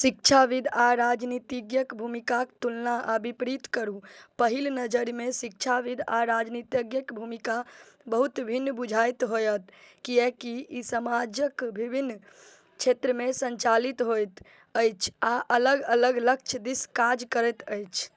शिक्षाविद आ राजनीतिज्ञक भूमिकाक तुलना आ विपरीत करू। पहिल नजरिमे शिक्षाविद आ राजनीतिज्ञक भूमिका बहुत भिन्न बुझाइत होयत, किएकि ई समाजक विभिन्न क्षेत्रमे सञ्चालित होइत अछि आ अलग-अलग लक्ष्य दिस काज करैत अछि।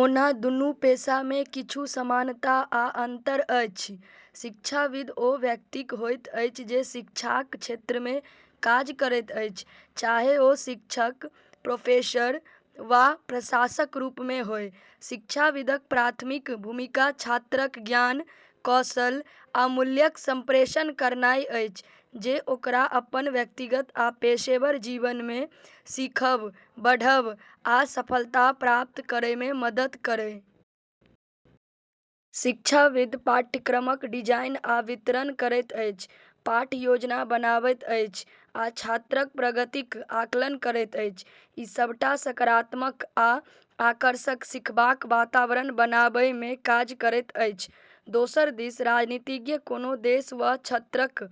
ओना दूनू पेशामे किछु समानता आ अन्तर अछि। शिक्षाविद ओ व्यक्ति होइत अछि जे शिक्षाक क्षेत्रमे काज करैत अछि, चाहे ओ शिक्षक, प्रोफेसर वा प्रशासकक रूपमे होय। शिक्षाविदक प्राथमिक भूमिका छात्रक ज्ञान, कौशल आ मूल्यक सम्प्रेषण करनाइ अछि, जे ओकरा अपन व्यक्तिगत आ पेशेवर जीवनमे सिखब, बढ़ब आ सफलता प्राप्त करैमे मदद करय। शिक्षाविद पाठ्यक्रमक डिजाइन आ वितरण करैत अछि, पाठ योजना बनाबैत अछि, आ छात्रक प्रगतिक आकलन करैत अछि, ई सबटा सकारात्मक आ आकर्षक सिखबाक वातावरण बनाबैमे काज करैत अछि। दोसर दिस राजनीतिज्ञ कोनो देश वा क्षेत्रक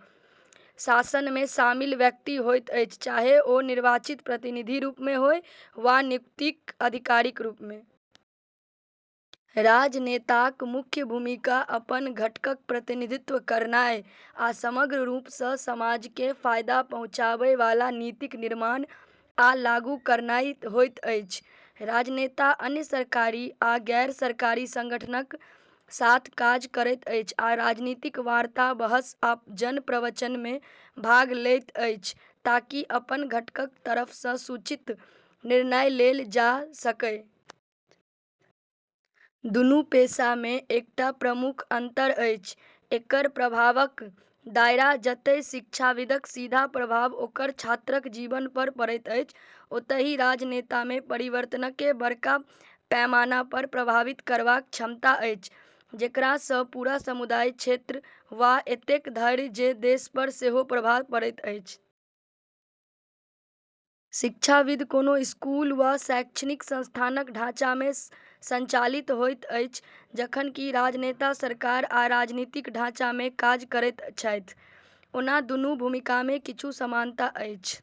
शासनमे शामिल व्यक्ति होइत अछि, चाहे ओ निर्वाचित प्रतिनिधि रूपमे होय वा नियुक्त अधिकारीक रूपमे। राजनेताक मुख्य भूमिका अपन घटकक प्रतिनिधित्व करनाइ आ समग्र रूपसँ समाजकेँ फायदा पहुँचाबै वाला नीतिक निर्माण आ लागू करनाइ होइत अछि। राजनेता अन्य सरकारी आ गैर-सरकारी सङ्गठनक साथ काज करैत अछि आ राजनीतिक वार्ता, बहस आ जन-प्रवचनमे भाग लेत अछि, ताकि अपन घटकक तरफसँ सूचित निर्णय लेल जाय सकय। दूनू पेशामे एकटा प्रमुख अन्तर अछि एकर प्रभावक दायरा। जतय शिक्षाविदक सीधा प्रभाव ओकर छात्रक जीवनपर पड़ैत अछि, ओतही राजनेतामे परिवर्तनकेँ बड़का पैमानापर प्रभावित करबाक क्षमता अछि, जेकरासँ पूरा समुदाय, क्षेत्र, वा एतेक धरि जे देशपर सेहो प्रभाव पड़ैत अछि। शिक्षाविद कोनो स्कूल वा शैक्षणिक संस्थानक ढाँचामे सञ्चालित होइत छथि, जखन कि राजनेता सरकार आ राजनीतिक ढाँचामे काज करैत छथि। ओना दूनू भूमिकामे किछु समानता अछि।